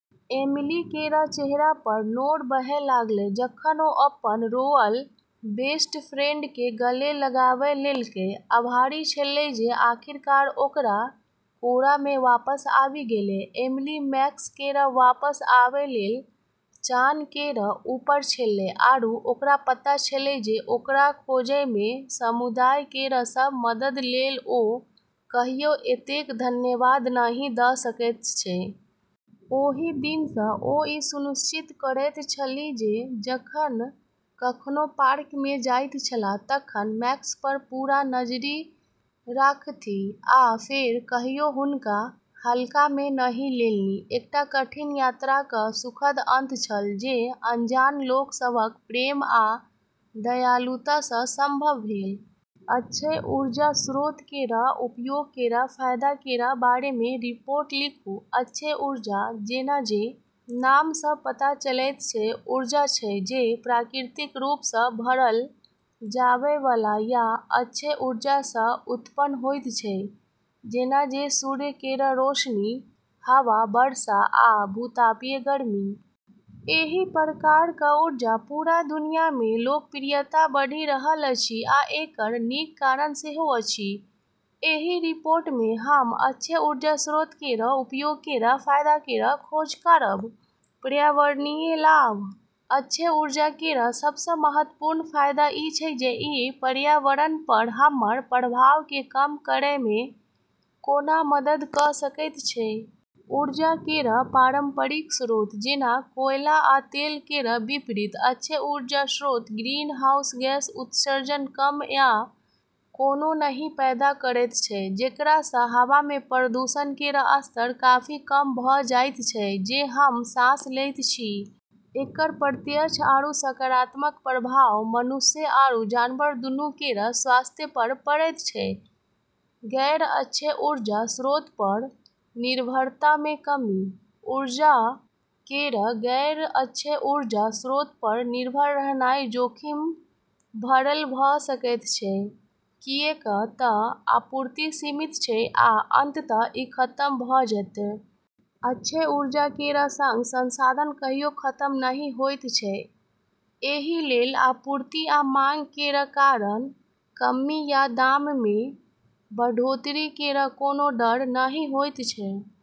Emily केर चेहरापर नोर बहै लागलै, जखन ओ अपन रोअल बेस्ट फ्रेंडकेँ गले लगाबै लेलकै, आभारी छेलै जे आखिरकार ओकरा कोरामे वापस आबि गेलै। एमिली मैक्स केर वापस आबै लेल चान केर ऊपर छेलै, आरू ओकरा पता छेलै जे ओकरा खोजैमे समुदाय केर सभ मदद लेल ओ कहियो एतेक धन्यवाद नहि दऽ सकैत छै। ओहि दिनसँ ओ ई सुनिश्चित करैत छलीह जे जखन कखनो पार्कमे जाइत छलाह तखन मैक्सपर पूरा नजरि राखथि, आ फेर कहियो हुनका हल्कामे नहि लेलनि। एकटा कठिन यात्राक सुखद अंत छल, जे अनजान लोक सभक प्रेम आ दयालुतासँ संभव भेल। अक्षय ऊर्जा स्रोत केर उपयोग केर फायदा केर बारेमे रिपोर्ट लिखू। अक्षय ऊर्जा, जेना जे नामसँ पता चलैत छै, ऊर्जा छै जे प्राकृतिक रूपसँ भरल जाबैवाला, या अक्षय ऊर्जासँ उत्पन्न होइत छै, जेना जे सूर्य केर रोशनी, हवा, वर्षा, आ भू-तापीय गर्मी। एहि प्रकारक ऊर्जा पूरा दुनियामे लोकप्रियता बढ़ि रहल अछि आ एकर नीक कारण सेहो अछि। एहि रिपोर्टमे हम अक्षय ऊर्जा स्रोत केर उपयोग केर फायदा केर खोज करब। पर्यावरणीय लाभ: अक्षय ऊर्जा केर सबसँ महत्वपूर्ण फायदा ई छै जे ई पर्यावरणपर हमर प्रभावकेँ कम करैमे कोना मदद कऽ सकैत छै। ऊर्जा केर पारंपरिक स्रोत, जेना कोयला आ तेल केर विपरीत, अक्षय ऊर्जा स्रोत ग्रीनहाउस गैस उत्सर्जन कम या कोनो नहि पैदा करैत छै, जेकरासँ हवामे प्रदूषण केर स्तर काफी कम भऽ जाइत छै जे हम सांस लैत छी। एकर प्रत्यक्ष आरू सकारात्मक प्रभाव मनुष्य आरू जनावर दूनू केर स्वास्थ्यपर पड़ैत छै। गैर-अक्षय ऊर्जा स्रोतपर निर्भरतामे कमी: ऊर्जा केर गैर-अक्षय ऊर्जा स्रोतपर निर्भर रहनाइ जोखिम भरल भऽ सकैत छै, किऐक तऽ आपूर्ति सीमित छै आ अंततः ई खतम भऽ जेतै। अक्षय ऊर्जा केर संग संसाधन कहियो खतम नहि होइत छै, एहि लेल आपूर्ति आ माँग केर कारण कमी या दाममे बढ़ोतरी केर कोनो डर नहि होइत छै।